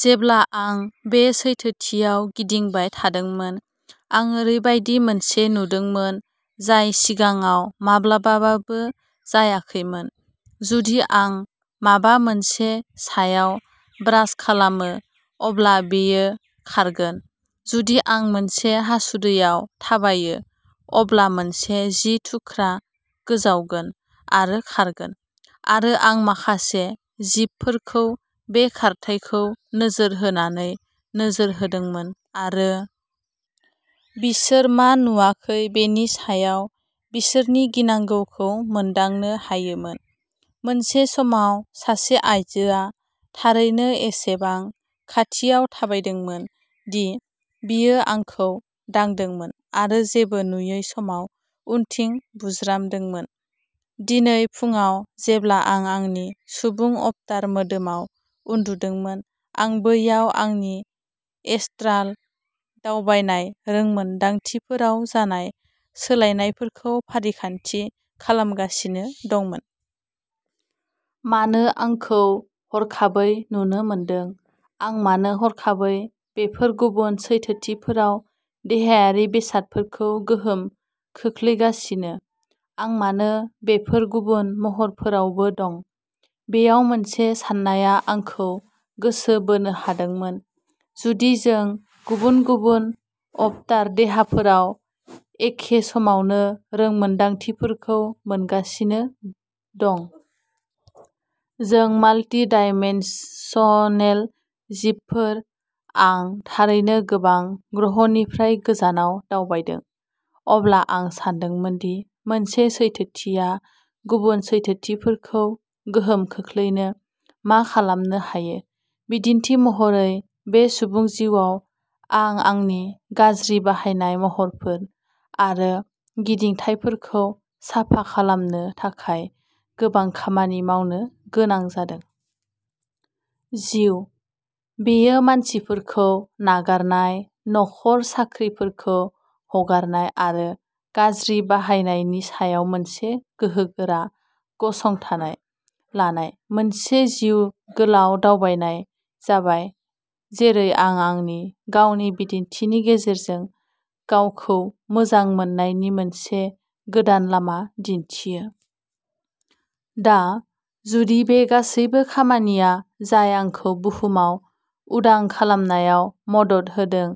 जेब्ला आं बे सैथोथियाव गिदिंबाय थादोंमोन, आं ओरैबायदि मोनसे नुदोंमोन जाय सिगाङाव माब्लाबाबो जायाखैमोन। जुदि आं माबा मोनसे सायाव ब्रास खालामो, अब्ला बेयो खारगोन। जुदि आं मोनसे हासुदैआव थाबायो, अब्ला मोनसे जि थुख्रा गोजावगोन आरो खारगोन, आरो आं माखासे जिबफोरखौ बे खारथायखौ नोजोर होनानै नोजोर होदोंमोन आरो। बिसोर मा नुवाखै बेनि सायाव बिसोरनि गिनांगौखौ मोनदांनो हायोमोन। मोनसे समाव सासे आइजोआ थारैनो एसेबां खाथियाव थाबायदोंमोन दि बियो आंखौ दांदोंमोन आरो जेबो नुयै समाव उनथिं बाज्रुमदोंमोन। दिनै फुंआव जेब्ला आं आंनि सुबुं अबतार मोदोमाव उन्दुदोंमोन, आं बैयाव आंनि एस्ट्राल दावबायनाय रोंमोनदांथिफोराव जानाय सोलायनायफोरखौ फारिखान्थि खालामगासिनो दंमोन। मानो आंखौ हरखाबै नुनो मोनदों? आं मानो हरखाबै बेफोर गुबुन सैथोथिफोराव देहायारि बेसादफोरखौ गोहोम खोख्लैगासिनो? आं मानो बेफोर गुबुन महरफोरावबो दं? बेयाव मोनसे साननाया आंखौ गोसो बोनो हादोंमोन। जुदि जों गुबुन-गुबुन अबतार देहाफोराव एखे समावनो रोंमोनदांथिफोरखौ मोनगासिनो दं? जों माल्टिडाइमेनशनेल जिबफोर, आं थारैनो गोबां ग्रहनिफ्राय गोजानाव दावबायदों। अब्ला आं सानदोंमोन दि मोनसे सैथोथिया गुबुन सैथोथिफोरखौ गोहोम खोख्लैनो मा खालामनो हायो। बिदिन्थि महरै, बे सुबुं जिउआव आं आंनि गाज्रि बाहायनाय महरफोर आरो गिदिंथायफोरखौ साफा खालामनो थाखाय गोबां खामानि मावनो गोनां जादों। जिउ। बेयो मानसिफोरखौ नागारनाय, नखर, साख्रिफोरखौ हगारनाय आरो गाज्रि बाहायनायनि सायाव मोनसे गोहोगोरा गसंथानाय लानाय मोनसे जिउ गोलाव दावबायनाय जाबाय, जेरै आं आंनि गावनि बिदिन्थिनि गेजेरजों गावखौ मोजां मोननायनि मोनसे गोदान लामा दिन्थियो। दा, जुदि बे गासैबो खामानिया जाय आंखौ बुहुमाव उदां खालामनायाव मदद होदों,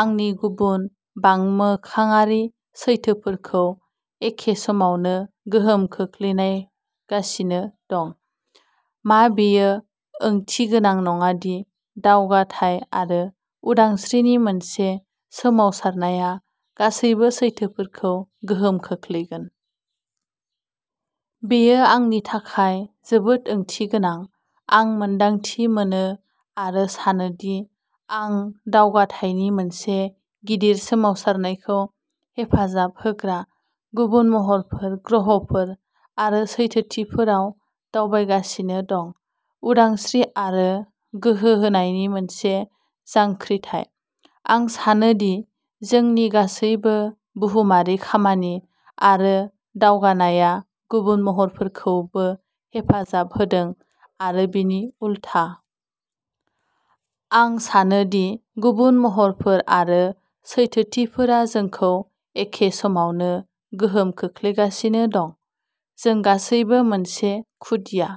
आंनि गुबुन बांमोखाङारि सैथोफोरखौ एखे समावनो गोहोम खोख्लैगासिनो दं? मा बेयो ओंथिगोनां नङा दि दावगाथाय आरो उदांस्रिनि मोनसे सोमावसारनाया गासैबो सैथोफोरखौ गोहोम खोख्लैगोन? बेयो आंनि थाखाय जोबोद ओंथिगोनां। आं मोन्दांथि मोनो आरो सानोदि आं दावगाथायनि मोनसे गिदिर सोमावसारनायखौ हेफाजाब होग्रा गुबुन महरफोर, ग्रहफोर आरो सैथोथिफोराव दावबायगासिनो दं। उदांस्रि आरो गोहो होनायनि मोनसे जांख्रिथाय। आं सानोदि जोंनि गासैबो बुहुमारि खामानि आरो दावगानायआ गुबुन महरफोरखौबो हेफाजाब होदों आरो बिनि उलथा। आं सानो दि गुबुन महरफोर आरो सैथोथिफोरा जोंखौ एखे समावनो गोहोम खोख्लैगासिनो दं, जों गासैबो मोनसे खुदिया!